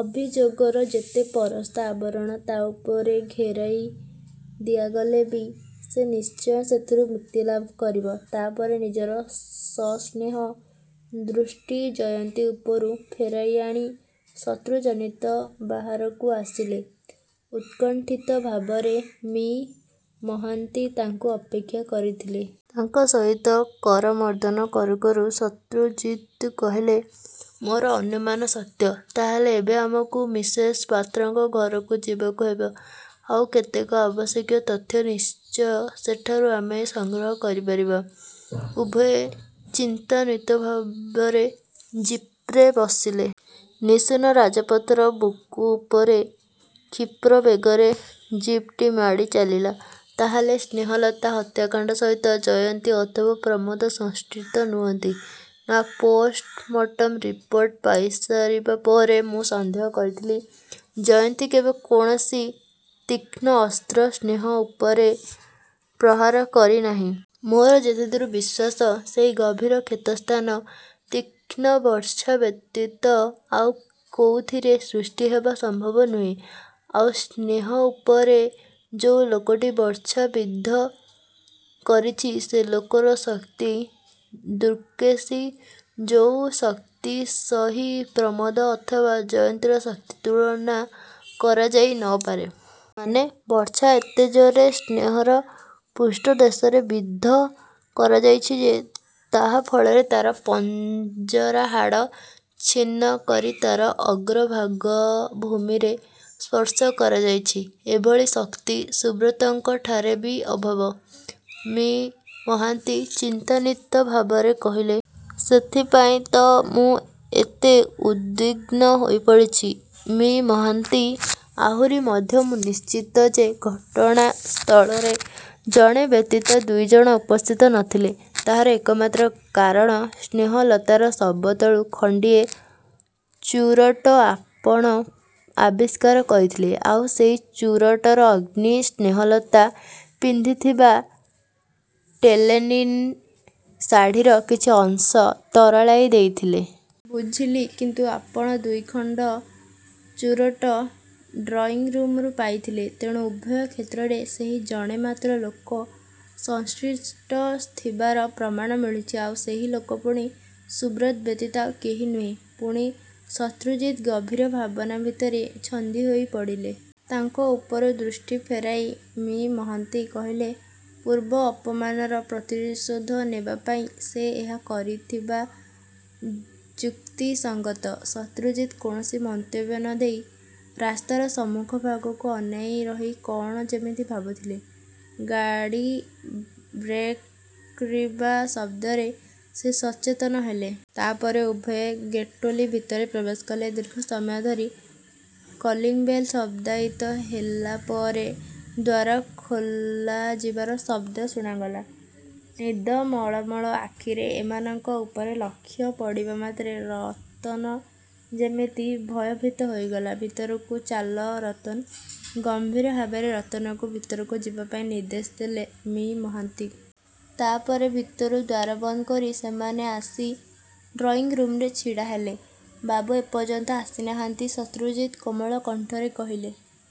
ଅଭିଯୋଗର ଯେତେ ପରସ୍ତ ଆବରଣ ତା ଉପରେ ଘେରାଇ ଦିଆଗଲେ ବି ସେ ନିଶ୍ଚୟ ସେଥିରୁ ମୁକ୍ତି ଲାଭ କରିବ। ' ତା ପରେ ନିଜର ସସ୍ନେହ ଦୃଷ୍ଟି ଜୟନ୍ତୀ ଉପରୁ ଫେରାଇଆଣି ଶତ୍ରୁଜିତ ବାହାରକୁ ଆସିଲେ। ଉତ୍କଣ୍ଠିତ ଭାବରେ ମି:ମହାନ୍ତି ତାଙ୍କୁ ଅପେକ୍ଷା କରିଥିଲେ। ତାଙ୍କ ସହିତ କରମର୍ଦ୍ଦନ କରୁ କରୁ ଶତ୍ରୁଜିତ କହିଲେ, 'ମୋର ଅନୁମାନ ସତ୍ୟ। ' 'ତା ହେଲେ' 'ଏବେ ଆମକୁ ମିସେସ ପାତ୍ରଙ୍କ ଘରକୁ ଯିବାକୁ ହେବ। ଆଉ କେତେକ ଆବଶ୍ୟକୀୟ ତଥ୍ୟ ନିଶ୍ଚୟ ସେଠାରୁ ଆମେ ସଂଗ୍ରହ କରିପରିବା। ' ଉଭୟେ ଚିନ୍ତାନ୍ୱିତ ଭାବରେ ଜିପ୍ରେ ବସିଲେ। ନିଶୂନ ରାଜପଥର ବୁକୁ ଉପରେ କ୍ଷିପ୍ର ବେଗରେ ଜିପ୍ଟି ମାଡ଼ି ଚାଲିଲା। 'ତା'ହେଲେ ସ୍ନେହଲତା ହତ୍ୟାକାଣ୍ଡ ସହିତ ଜୟନ୍ତୀ ଅଥବା ପ୍ରମୋଦ ସଂଶ୍ଳିଷ୍ଟ ନୁହନ୍ତି? ' 'ନା, ପୋଷ୍ଟ ମର୍ଟମ ରିପୋର୍ଟ ପାଇସାରିବା ପରେ ମୁଁ ସନ୍ଦେହ କରିଥିଲି ଜୟନ୍ତୀ କେବେ କୌଣସି ତୀକ୍ଷ୍ଣ ଅସ୍ତ୍ର ସ୍ନେହ ଉପରେ ପ୍ରହାର କରିନାହିଁ। ମୋର ଯେତେଦୂର ବିଶ୍ୱାସ ସେଇ ଗଭୀର କ୍ଷତ ସ୍ଥାନ ତୀକ୍ଷ୍ଣ ବର୍ଚ୍ଛା ବ୍ୟତୀତ ଆଉ କୋଉଥିରେ ସୃଷ୍ଟି ହେବା ସମ୍ଭବ ନୁହେ। ଆଉ ସ୍ନେହ ଉପରେ ଯୋଉ ଲୋକଟି ବର୍ଚ୍ଛା ବିଦ୍ଧ କରିଛି ସେ ଲୋକର ଶକ୍ତି ଖୁବ୍ବେଶୀ, ଯୋଉ ଶକ୍ତି ସହି ପ୍ରମୋଦ ଅଥବା ଜୟନ୍ତୀର ଶକ୍ତି ତୁଳନା କରାଯାଇ ନ ପାରେ। ' 'ମାନେ? ' 'ବର୍ଚ୍ଛା ଏତେ ଜୋରରେ ସ୍ନେହର ପୃଷ୍ଟଦେଶରେ ବିଦ୍ଧ କରାଯାଇଛି ଯେ ତାହା ଫଳରେ ତା'ର ପଞ୍ଜରାହାଡ଼ ଛିନ୍ନ କରି ତା'ର ଅଗ୍ରଭାଗ ଭୂମିରେ। ସ୍ପର୍ଶ କରାଯାଇଛି। ' 'ଏଭଳି ଶକ୍ତି ସୁବ୍ରତଙ୍କ ଠାରେ ବି ଅଭାବ', ମି: ମହାନ୍ତି ଚିନ୍ତାନ୍ୱିତ ଭାବରେ କହିଲେ। 'ସେଥିପାଇଁ ତ ମୁଁ ଏତେ ଉଦ୍ବିଗ୍ନ ହୋଇପଡ଼ିଛି, ମି: ମହାନ୍ତି! ଆହୁରି ମଧ୍ୟ ମୁଁ ନିଶ୍ଚିତ ଯେ ଘଟଣାସ୍ଥଳରେ ଜଣେ ବ୍ୟତିତ ଦୁଇଜଣ ଉପସ୍ଥିତ ନ ଥିଲେ। ତାହାର ଏକମାତ୍ର କାରଣ, ସ୍ନେହଲତାର ଶବ ତଳୁ ଖଣ୍ଡିଏ ଚୁରଟ ଆପଣ ଆବିଷ୍କାର କରିଥିଲେ। ଆଉ ସେଇ ଚୁରଟର ଅଗ୍ନି ସ୍ନେହଲତା ପିନ୍ଧିଥିବା ଟେଲେଲିନ ଶାଢ଼ିର କିଛି ଅଂଶ ତରଳାଇ ଦେଇଥିଲେ। ' 'ବୁଝିଲି। କିନ୍ତୁ ଆପଣ ଦୁଇଖଣ୍ଡ ଚୁରଟ ଡ୍ରଇଂରୁମରୁ ପାଇଥିଲେ। ତେଣୁ ଉଭୟ କ୍ଷେତ୍ରରେ ସେହି ଜଣେ ମାତ୍ର ଲୋକ ସଂଶ୍ଳିଷ୍ଟ ଥିବାର ପ୍ରମାଣ ମିଳୁଛି। ଆଉ ସେହି ଲୋକ ପୁଣି ସୁବ୍ରତ ବ୍ୟତୀତ ଆଉ କେହି ନୁହେଁ। ' ପୁଣି ଶତ୍ରୁଜିତ ଗଭୀର ଭାବନା ଭିତରେ ଛନ୍ଦିହୋଇପଡ଼ିଲେ। ତାଙ୍କ ଉପରୁ ଦୃଷ୍ଟି ଫେରାଇ ମି: ମହାନ୍ତି କହିଲେ, 'ପୂର୍ବ ଅପମାନର ପ୍ରତିଶୋଧ ନେବାପାଇଁ ସେ ଏହା କରିଥିବା ଯୁକ୍ତିସଙ୍ଗତ। ' ଶତ୍ରୁଜିତ କୌଣସି ମନ୍ତବ୍ୟ ନ ଦେଇ ରାସ୍ତାର ସମ୍ମୁଖ ଭାଗକୁ ଅନାଇ ରହି କ'ଣ ଯେମିତି ଭାବୁଥିଲେ। ଗାଡ଼ି ବ୍ରେକ୍କରିବା ଶବ୍ଦରେ ସେ ସଚେତନ ହେଲେ। ତା' ପରେ ଉଭୟେ ଗେଟ୍ଖୋଲି ଭିତରେ ପ୍ରବେଶ କଲେ। ଦୀର୍ଘ ସମୟ ଧରି କଲିଂବେଲ୍ ଶବ୍ଦାୟିତ ହେଲା ପରେ ଦ୍ୱାର ଖୋଲାଯିବାର ଶବ୍ଦ ଶୁଣାଗଲା। ନିଦମଳମଳ ଆଖିରେ ଏମାନଙ୍କ ଉପରେ ଲକ୍ଷ୍ୟ ପଡ଼ିବାମାତ୍ରେ ରତନ ଯେମିତି ଭୟଭୀତ ହୋଇଗଲା। 'ଭିତରକୁ ଚାଲ ରତନ! ' ଗମ୍ଭୀର ଭାବରେ ରତନକୁ ଭିତରକୁ ଯିବାପାଇଁ ନିର୍ଦ୍ଦେଶ ଦେଲେ ମି: ମହାନ୍ତି। ତା'ପରେ ଭିତରୁ ଦ୍ୱାର ବନ୍ଦ କରି ସେମାନେ ଆସି ଡ଼୍ରଇଂରୁମରେ ଛିଡ଼ା ହେଲେ। 'ବାବୁ ଏପର୍ଯ୍ୟନ୍ତ ଆସିନାହାନ୍ତି? ' ଶତ୍ରୁଜିତ କୋମଳ କଣ୍ଠରେ କହିଲେ।